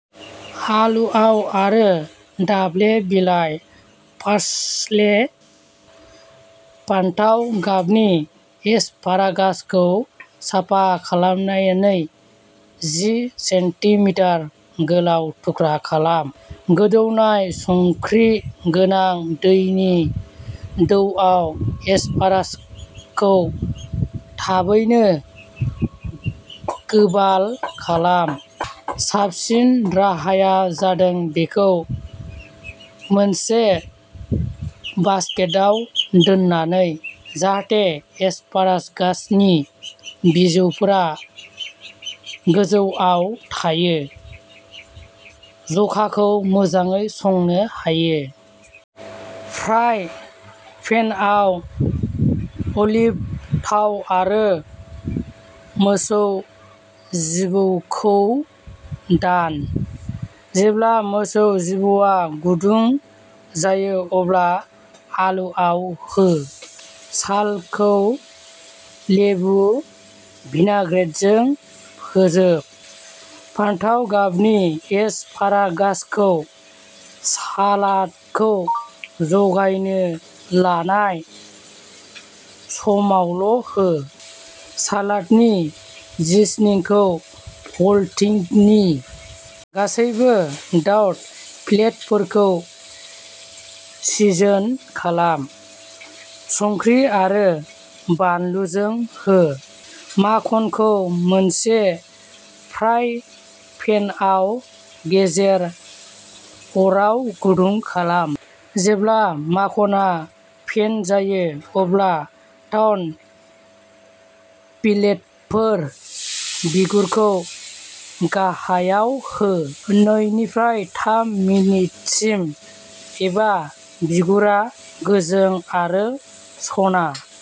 हालुआव आरो दाब्ले बिलाइ पार्सले। फान्थाव गाबनि एसपारागासखौ साफा खालामनानै जि सेन्टिमिटार गोलाव थुख्रा खालाम। गोदौनाय संख्रि गोनां दैनि दौआव एसपारागासखौ थाबैनो गोबाल' खालाम। साबसिन राहाया जादों बेखौ मोनसे बास्केटआव दोननानै, जाहाथे एसपारागासनि बिजौफोरा गोजौआव थायो, जखाखौ मोजाङै संनो हायो। फ्राइं पेनआव, अलिभ थाव आरो मोसौ जिबौखौ दान। जेब्ला मोसौ जिबौआ गुदुं जायो, अब्ला आलुआव हो। सालखौ लेबु भिनाइग्रेटजों फोजोब। फान्थाव गाबनि एसपारागासखौ सालादखौ जगायनो लानाय समावल' हो। सालादनि सिजनिंखौ प्लेटिंगनि सिगां नाय। गासैबो ट्राउट फिललेटफोरखौ सिजोन खालाम। संख्रि आरो बानलुजों हो। माखनखौ मोनसे फ्राइं पेनआव गेजेर अराव गुदुं खालाम। जेब्ला माखनआ फेन जायो, अब्ला ट्राउट फिललेटफोर, बिगुरखौ गाहायाव हो। नैनिफ्राय थाम मिनिटसिम एबा बिगुरा गोजों आरो सना गाबनि जानायसिम आरो बेदरआ फ्राय संनायसिम एवनानै ला।